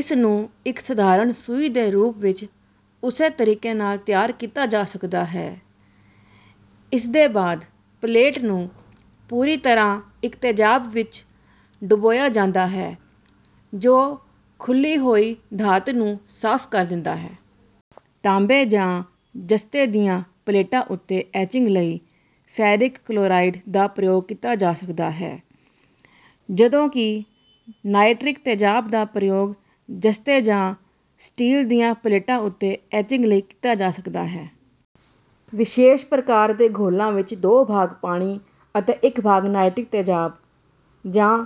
ਇਸਨੂੰ ਇੱਕ ਸਧਾਰਨ ਸੂਈ ਦੇ ਰੂਪ ਵਿੱਚ ਉਸੇ ਤਰੀਕੇ ਨਾਲ ਤਿਆਰ ਕੀਤਾ ਜਾ ਸਕਦਾ ਹੈ। ਇਸਦੇ ਬਾਅਦ ਪਲੇਟ ਨੂੰ ਪੂਰੀ ਤਰ੍ਹਾਂ ਇੱਕ ਤੇਜ਼ਾਬ ਵਿੱਚ ਡੁਬੋਇਆ ਜਾਂਦਾ ਹੈ, ਜੋ ਖੁੱਲ੍ਹੀ ਹੋਈ ਧਾਤ ਨੂੰ ਸਾਫ਼ ਕਰ ਦਿੰਦਾ ਹੈ। ਤਾਂਬੇ ਜਾਂ ਜ਼ਸਤੇ ਦੀਆਂ ਪਲੇਟਾਂ ਉੱਤੇ ਐਚਿੰਗ ਲਈ ਫੈਰਿਕ ਕਲੋਰਾਈਡ ਦਾ ਪ੍ਰਯੋਗ ਕੀਤਾ ਜਾ ਸਕਦਾ ਹੈ, ਜਦੋਂ ਕਿ ਨਾਈਟ੍ਰਿਕ ਤੇਜ਼ਾਬ ਦਾ ਪ੍ਰਯੋਗ ਜ਼ਸਤੇ ਜਾਂ ਸਟੀਲ ਦੀਆਂ ਪਲੇਟਾਂ ਉੱਤੇ ਐਚਿੰਗ ਲਈ ਕੀਤਾ ਜਾ ਸਕਦਾ ਹੈ। ਵਿਸ਼ੇਸ਼ ਪ੍ਰਕਾਰ ਦੇ ਘੋਲਾਂ ਵਿੱਚ ਦੋ ਭਾਗ ਪਾਣੀ ਅਤੇ ਇੱਕ ਭਾਗ ਨਾਈਟ੍ਰਿਕ ਤੇਜ਼ਾਬ, ਜਾਂ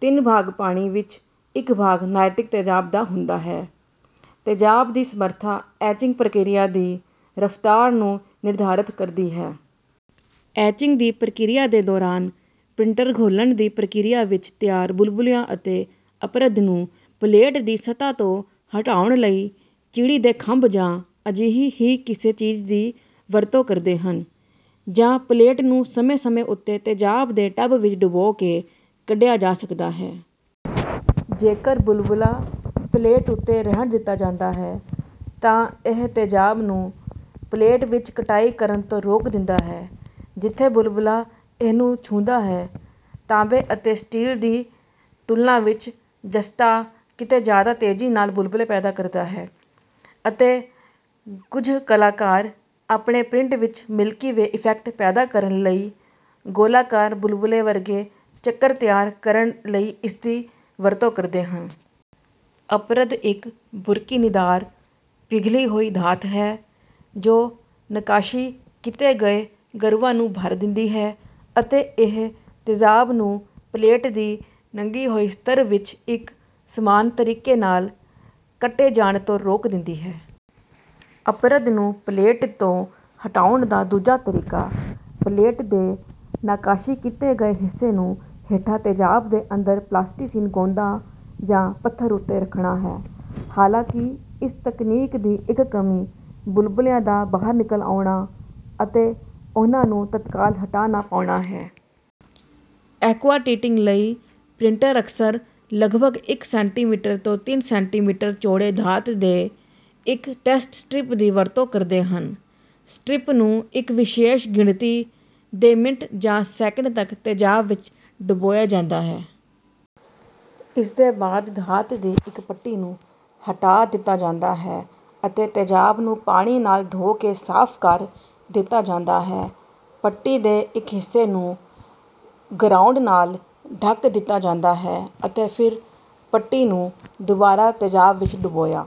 ਤਿੰਨ ਭਾਗ ਪਾਣੀ ਵਿੱਚ ਇੱਕ ਭਾਗ ਨਾਈਟ੍ਰਿਕ ਤੇਜ਼ਾਬ ਦਾ ਹੁੰਦਾ ਹੈ। ਤੇਜ਼ਾਬ ਦੀ ਸਮਰੱਥਾ ਐਚਿੰਗ ਪ੍ਰਕਿਰਿਆ ਦੀ ਰਫ਼ਤਾਰ ਨੂੰ ਨਿਰਧਾਰਤ ਕਰਦੀ ਹੈ। ਐਚਿੰਗ ਦੀ ਪ੍ਰਕਿਰਿਆ ਦੇ ਦੌਰਾਨ ਪ੍ਰਿੰਟਰ ਘੋਲਣ ਦੀ ਪ੍ਰਕਿਰਿਆ ਵਿੱਚ ਤਿਆਰ ਬੁਲਬੁਲਿਆਂ ਅਤੇ ਅਪਰਦ ਨੂੰ ਪਲੇਟ ਦੀ ਸਤ੍ਹਾ ਤੋਂ ਹਟਾਉਣ ਲਈ ਚਿੜੀ ਦੇ ਖੰਭ ਜਾਂ ਅਜਿਹੀ ਹੀ ਕਿਸੇ ਚੀਜ਼ ਦੀ ਵਰਤੋਂ ਕਰਦੇ ਹਨ, ਜਾਂ ਪਲੇਟ ਨੂੰ ਸਮੇਂ-ਸਮੇਂ ਉੱਤੇ ਤੇਜ਼ਾਬ ਦੇ ਟਬ ਵਿੱਚ ਡੁਬੋ ਕੇ ਕੱਢਿਆ ਜਾ ਸਕਦਾ ਹੈ। ਜੇਕਰ ਬੁਲਬੁਲਾ ਪਲੇਟ ਉੱਤੇ ਰਹਿਣ ਦਿੱਤਾ ਜਾਂਦਾ ਹੈ ਤਾਂ ਇਹ ਤੇਜ਼ਾਬ ਨੂੰ ਪਲੇਟ ਵਿੱਚ ਕਟਾਈ ਕਰਨ ਤੋਂ ਰੋਕ ਦਿੰਦਾ ਹੈ, ਜਿੱਥੇ ਬੁਲਬੁਲਾ ਇਸਨੂੰ ਛੂੰਹਦਾ ਹੈ। ਤਾਂਬੇ ਅਤੇ ਸਟੀਲ ਦੀ ਤੁਲਨਾ ਵਿੱਚ ਜ਼ਸਤਾ ਕਿਤੇ ਜ਼ਿਆਦਾ ਤੇਜ਼ੀ ਨਾਲ ਬੁਲਬੁਲੇ ਪੈਦਾ ਕਰਦਾ ਹੈ, ਅਤੇ ਕੁਝ ਕਲਾਕਾਰ ਆਪਣੇ ਪ੍ਰਿੰਟਾਂ ਵਿੱਚ "ਮਿਲਕੀ ਵੇ" ਇਫੈਕਟ ਪੈਦਾ ਕਰਨ ਲਈ ਗੋਲਾਕਾਰ ਬੁਲਬੁਲੇ ਵਰਗੇ ਚੱਕਰ ਤਿਆਰ ਕਰਨ ਲਈ ਇਸਦੀ ਵਰਤੋਂ ਕਰਦੇ ਹਨ। ਅਪਰਦ ਇੱਕ ਬੁਰਕੀਨੀਦਾਰ ਪਿਘਲੀ ਹੋਈ ਧਾਤ ਹੈ, ਜੋ ਨੱਕਾਸ਼ੀ ਕੀਤੇ ਗਏ ਗਰੂਵਾਂ ਨੂੰ ਭਰ ਦਿੰਦੀ ਹੈ ਅਤੇ ਇਹ ਤੇਜ਼ਾਬ ਨੂੰ ਪਲੇਟ ਦੀ ਨੰਗੀ ਹੋਈ ਸਤਹ ਵਿੱਚ ਇੱਕ ਸਮਾਨ ਤਰੀਕੇ ਨਾਲ ਕੱਟੇ ਜਾਣ ਤੋਂ ਰੋਕ ਦਿੰਦੀ ਹੈ। ਅਪਰਦ ਨੂੰ ਪਲੇਟ ਤੋਂ ਹਟਾਉਣ ਦਾ ਦੂਜਾ ਤਰੀਕਾ ਪਲੇਟ ਦੇ ਨੱਕਾਸ਼ੀ ਕੀਤੇ ਗਏ ਹਿੱਸੇ ਨੂੰ ਹੇਠਾਂ ਤੇਜ਼ਾਬ ਦੇ ਅੰਦਰ ਪਲਾਸਟੀਸੀਨ ਗੇਂਦਾਂ ਜਾਂ ਪੱਥਰ ਉੱਤੇ ਰੱਖਣਾ ਹੈ, ਹਾਲਾਂਕਿ ਇਸ ਤਕਨੀਕ ਦੀ ਇੱਕ ਕਮੀ ਬੁਲਬੁਲਿਆਂ ਦਾ ਬਾਹਰ ਨਿਕਲ ਆਉਣਾ ਅਤੇ ਉਨ੍ਹਾਂ ਨੂੰ ਤਤਕਾਲ ਹਟਾ ਨਾ ਪਾਉਣਾ ਹੈ। ਐਕੁਆਟਿੰਟਿੰਗ ਲਈ ਪ੍ਰਿੰਟਰ ਅਕਸਰ ਲਗਭਗ ਇੱਕ ਸੈਂਟੀਮੀਟਰ ਤੋਂ ਤਿੰਨ ਸੈਂਟੀਮੀਟਰ ਚੌੜੇ ਧਾਤ ਦੇ ਇੱਕ ਟੈਸਟ ਸਟਰਿਪ ਦੀ ਵਰਤੋਂ ਕਰਦੇ ਹਨ। ਸਟਰਿਪ ਨੂੰ ਇੱਕ ਵਿਸ਼ੇਸ਼ ਗਿਣਤੀ ਦੇ ਮਿੰਟ ਜਾਂ ਸੈਕੰਡ ਤੱਕ ਤੇਜ਼ਾਬ ਵਿੱਚ ਡੁਬੋਇਆ ਜਾਂਦਾ ਹੈ। ਇਸਦੇ ਬਾਅਦ ਧਾਤ ਦੀ ਇਸ ਪੱਟੀ ਨੂੰ ਹਟਾ ਦਿੱਤਾ ਜਾਂਦਾ ਹੈ ਅਤੇ ਤੇਜ਼ਾਬ ਨੂੰ ਪਾਣੀ ਨਾਲ ਧੋ ਕੇ ਸਾਫ਼ ਕਰ ਦਿੱਤਾ ਜਾਂਦਾ ਹੈ। ਪੱਟੀ ਦੇ ਇੱਕ ਹਿੱਸੇ ਨੂੰ ਗਰਾਉਂਡ ਨਾਲ ਢਕ ਦਿੱਤਾ ਜਾਵੇਗਾ ਅਤੇ ਫਿਰ ਪੱਟੀ ਨੂੰ ਦੁਬਾਰਾ ਤੇਜ਼ਾਬ ਵਿੱਚ ਡੁਬੋਇਆ